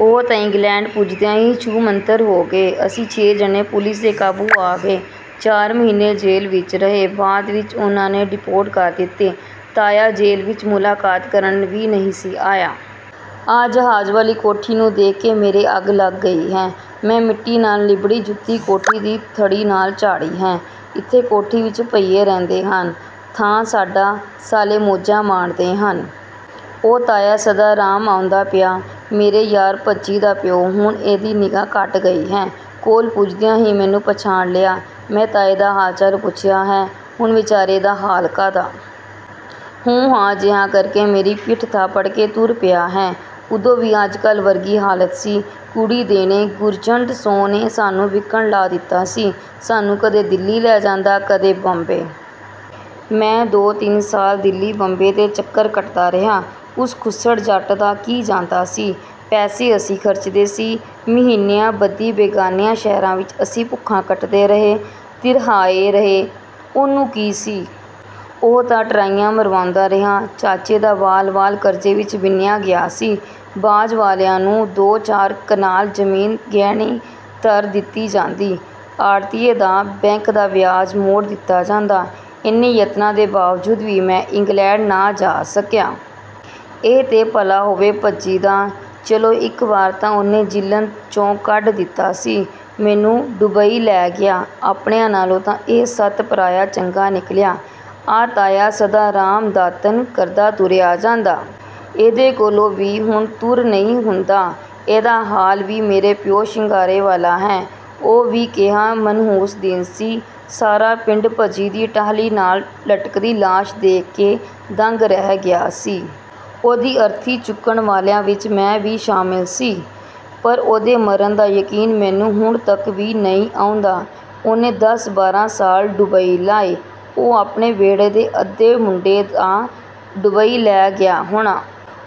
ਉਹ ਤਾਂ ਇੰਗਲੈਂਡ ਪੁੱਜਦਿਆਂ ਈ ਛੂ-ਮੰਤਰ ਹੋ ਗਏ। ਅਸੀਂ ਛੇ ਜਣੇ ਪੁਲਿਸ ਦੇ ਕਾਬੂ ਆ ਗਏ। ਚਾਰ ਮਹੀਨੇ ਜੇਲ੍ਹ ਵਿੱਚ ਰਹੇ। ਬਾਅਦ ਵਿੱਚ ਉਨ੍ਹਾਂ ਨੇ ਡੀਪੋਰਟ ਕਰ ਦਿੱਤੇ। ਤਾਇਆ ਜੇਲ੍ਹ ਵਿੱਚ ਮੁਲਾਕਾਤ ਕਰਨ ਵੀ ਨਈਂ ਸੀ ਆਇਆ। ਆਹ ਜਹਾਜ਼ ਵਾਲੀ ਕੋਠੀ ਨੂੰ ਦੇਖ ਕੇ ਮੇਰੇ ਅੱਗ ਲੱਗ ਗਈ ਹੈ। ਮੈਂ ਮਿੱਟੀ ਨਾਲ ਲਿਬੜੀ ਜੁੱਤੀ ਕੋਠੀ ਦੀ ਥੜ੍ਹੀ ਨਾਲ ਝਾੜੀ ਹੈ। ਇੱਥੇ ਕੋਠੀ ਵਿੱਚ ਭਈਏ ਰਹਿੰਦੇ ਹਨ। ਥਾਂ ਸਾਡਾ…। ਸਾਲੇ ਮੌਜਾਂ ਮਾਣਦੇ ਹਨ। ਉਹ ਤਾਇਆ ਸਦਾ ਰਾਮ ਆਉਂਦਾ ਪਿਆ। ਮੇਰੇ ਯਾਰ ਭੱਜੀ ਦਾ ਪਿਓ। ਹੁਣ ਇਹਦੀ ਨਿਗ੍ਹਾ ਘੱਟ ਗਈ ਹੈ। ਕੋਲ ਪੁੱਜਦਿਆਂ ਹੀ ਮੈਨੂੰ ਪਛਾਣ ਲਿਆ। ਮੈਂ ਤਾਏ ਦਾ ਹਾਲ ਚਾਲ ਪੁੱਛਿਆ ਹੈ। ਹੁਣ ਵਿਚਾਰੇ ਦਾ ਹਾਲ ਕਾਹਦਾ। 'ਹੂੰ-ਹਾਂ' ਜਿਹਾ ਕਰਕੇ ਮੇਰੀ ਪਿੱਠ ਥਾਪੜ ਕੇ ਤੁਰ ਪਿਆ ਹੈ। ਉਦੋਂ ਵੀ ਅੱਜ ਕੱਲ੍ਹ ਵਰਗੀ ਹਾਲਤ ਸੀ। ਕੁੜੀ ਦੇਣੇ… ਗੁਰਜੰਟ ਸੁੰਹ ਨੇ ਸਾਨੂੰ ਵਿਕਣ ਲਾ ਦਿੱਤਾ ਸੀ। ਸਾਨੂੰ ਕਦੇ ਦਿੱਲੀ ਲੈ ਜਾਂਦਾ, ਕਦੇ ਬੰਬੇ। ਮੈਂ ਦੋ-ਤਿੰਨ ਸਾਲ ਦਿੱਲੀ-ਬੰਬੇ ਦੇ ਚੱਕਰ ਕੱਟਦਾ ਰਿਹਾ। ਉਸ ਖੁੱਸੜ ਜੱਟ ਦਾ ਕੀ ਜਾਂਦਾ ਸੀ। ਪੈਸੇ ਅਸੀਂ ਖਰਚਦੇ ਸੀ। ਮਹੀਨਿਆਂ ਬੱਧੀ ਬੇਗਾਨਿਆਂ ਸ਼ਹਿਰਾਂ ਵਿੱਚ ਅਸੀਂ ਭੁੱਖਾਂ ਕੱਟਦੇ ਰਹੇ, ਤਿਰਹਾਏ ਰਹੇ, ਉਹਨੂੰ ਕੀ ਸੀ? ਉਹ ਤਾਂ ਟਰਾਈਆਂ ਮਰਵਾਉਂਦਾ ਰਿਹਾ। ਚਾਚੇ ਦਾ ਵਾਲ-ਵਾਲ ਕਰਜ਼ੇ ਵਿੱਚ ਵਿਨ੍ਹਿਆਂ ਗਿਆ ਸੀ। ਬਾਜ਼ ਵਾਲਿਆਂ ਨੂੰ ਦੋ ਚਾਰ ਕਨਾਲ ਜ਼ਮੀਨ ਗਹਿਣੇ ਧਰ ਦਿੱਤੀ ਜਾਂਦੀ। ਆੜ੍ਹਤੀਏ ਦਾ… ਬੈਂਕ ਦਾ ਵਿਆਜ਼ ਮੋੜ ਦਿੱਤਾ ਜਾਂਦਾ। ਐਨੇ ਯਤਨਾਂ ਦੇ ਬਾਵਜੂਦ ਵੀ ਮੈਂ ਇੰਗਲੈਂਡ ਨਾ ਜਾ ਸਕਿਆ। ਇਹ ਤੇ ਭਲਾ ਹੋਵੇ ਭੱਜੀ ਦਾ। ਚਲੋ ਇੱਕ ਵਾਰ ਤਾਂ ਉਹਨੇ ਜਿੱਲਣ੍ਹ 'ਚੋਂ ਕੱਢ ਦਿੱਤਾ ਸੀ। ਮੈਨੂੰ ਡੁਬਈ ਲੈ ਗਿਆ। ਆਪਣਿਆਂ ਨਾਲੋਂ ਤਾਂ ਇਹ ਸੱਤ ਪਰਾਇਆ ਚੰਗਾ ਨਿਕਲਿਆ। ਆਹ ਤਾਇਆ ਸਦਾ ਰਾਮ ਦਾਤਣ ਕਰਦਾ ਤੁਰਿਆ ਜਾਂਦਾ। ਇਹਦੇ ਕੋਲੋਂ ਵੀ ਹੁਣ ਤੁਰ ਨਈਂ ਹੁੰਦਾ। ਇਹਦਾ ਹਾਲ ਵੀ ਮੇਰੇ ਪਿਓ ਸ਼ਿੰਗਾਰੇ ਵਾਲਾ ਹੈ। ਉਹ ਵੀ ਕੇਹਾ ਮਨਹੂਸ ਦਿਨ ਸੀ। ਸਾਰਾ ਪਿੰਡ ਭੱਜੀ ਦੀ ਟਾਹਲੀ ਨਾਲ ਲਟਕਦੀ ਲਾਸ਼ ਦੇਖ ਕੇ ਦੰਗ ਰਹਿ ਗਿਆ ਸੀ। ਉਹਦੀ ਅਰਥੀ ਚੁੱਕਣ ਵਾਲਿਆਂ ਵਿੱਚ ਮੈਂ ਵੀ ਸ਼ਾਮਿਲ ਸੀ। ਪਰ ਉਹਦੇ ਮਰਨ ਦਾ ਯਕੀਨ ਮੈਨੂੰ ਹੁਣ ਤੱਕ ਵੀ ਨਈਂ ਆਉਂਦਾ। ਉਹਨੇ ਦਸ-ਬਾਰ੍ਹਾਂ ਸਾਲ ਡੁਬਈ ਲਾਏ। ਉਹ ਆਪਣੇ ਵਿਹੜੇ ਦੇ ਅੱਧੇ ਮੁੰਡੇ ਤਾਂ ਡੁਬਈ ਲੈ ਗਿਆ ਹੋਣਾ।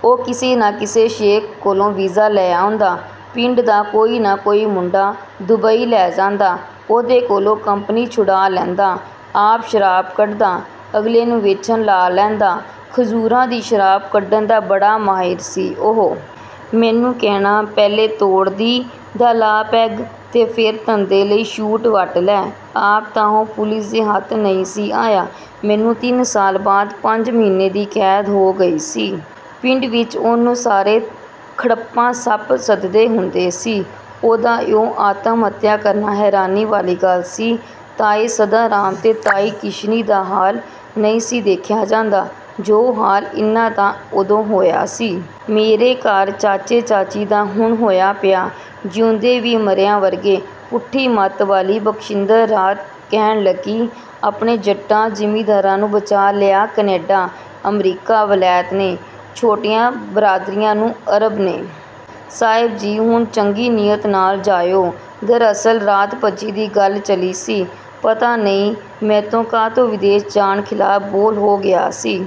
ਉਹ ਕਿਸੇ ਨਾ ਕਿਸੇ ਸ਼ੇਖ ਕੋਲੋਂ ਵੀਜ਼ਾ ਲੈ ਆਉਂਦਾ। ਪਿੰਡ ਦਾ ਕੋਈ ਨਾ ਕੋਈ ਮੁੰਡਾ ਦੁਬਈ ਲੈ ਜਾਂਦਾ। ਉਹਦੇ ਕੋਲੋਂ ਕੰਪਨੀ ਛੁਡਾ ਲੈਂਦਾ। ਆਪ ਸ਼ਰਾਬ ਕੱਢਦਾ। ਅਗਲੇ ਨੂੰ ਵੇਚਣ ਲਾ ਲੈਂਦਾ। ਖਜ਼ੂਰਾਂ ਦੀ ਸ਼ਰਾਬ ਕੱਢਣ ਦਾ ਬੜਾ ਮਾਹਿਰ ਸੀ ਉਹ। ਮੈਨੂੰ ਕਹਿਣਾ… "ਪਹਿਲੇ ਤੋੜ ਦੀ ਦਾ ਲਾ ਪੈੱਗ। ਤੇ ਫੇਰ ਧੰਦੇ ਲਈ ਸ਼ੂਟ ਵੱਟ ਲੈ। " ਆਪ ਤਾਂ ਉਹ ਪੁਲਿਸ ਦੇ ਹੱਥ ਨਈਂ ਸੀ ਆਇਆ। ਮੈਨੂੰ ਤਿੰਨ ਸਾਲ ਬਾਅਦ ਪੰਜ ਮਹੀਨੇ ਦੀ ਕੈਦ ਹੋ ਗਈ ਸੀ। ਪਿੰਡ ਵਿੱਚ ਉਹਨੂੰ ਸਾਰੇ 'ਖੜੱਪਾ ਸੱਪ' ਸੱਦਦੇ ਹੁੰਦੇ ਸੀ। ਉਹਦਾ ਇਉਂ ਆਤਮ-ਹੱਤਿਆ ਕਰਨਾ ਹੈਰਾਨੀ ਵਾਲੀ ਗੱਲ ਸੀ। ਤਾਏ ਸਦਾ ਰਾਮ ਤੇ ਤਾਈ ਕਿਸ਼ਨੀ ਦਾ ਹਾਲ ਨਈਂ ਸੀ ਦੇਖਿਆ ਜਾਂਦਾ। ਜੋ ਹਾਲ ਇਨ੍ਹਾਂ ਦਾ ਉਦੋਂ ਹੋਇਆ ਸੀ। ਮੇਰੇ ਘਰ ਚਾਚੇ ਚਾਚੀ ਦਾ ਹੁਣ ਹੋਇਆ ਪਿਆ। ਜੀਉਂਦੇ ਵੀ ਮਰਿਆਂ ਵਰਗੇ। ਪੁੱਠੀ ਮੱਤ ਵਾਲੀ ਬਖਸ਼ਿੰਦਰ ਰਾਤ ਕਹਿਣ ਲੱਗੀ। "ਆਪਣੇ ਜੱਟਾਂ ਜ਼ਿਮੀਦਾਰਾਂ ਨੂੰ ਬਚਾਅ ਲਿਆ ਕਨੈਡਾ, ਅਮਰੀਕਾ, ਵਲੈਤ ਨੇ। ਛੋਟੀਆਂ ਬਰਾਦਰੀਆਂ ਨੂੰ ਅਰਬ ਨੇ।… ਸਾਹਿਬ ਜੀ, ਹੁਣ ਚੰਗੀ ਨੀਅਤ ਨਾਲ ਜਾਇਓ। " ਦਰਅਸਲ ਰਾਤ ਭੱਜੀ ਦੀ ਗੱਲ ਚੱਲੀ ਸੀ। ਪਤਾ ਨਈਂ ਮੈਤੋਂ ਕਾਹਤੋਂ ਵਿਦੇਸ਼ ਜਾਣ ਖਿਲਾਫ਼ ਬੋਲ ਹੋ ਗਿਆ ਸੀ।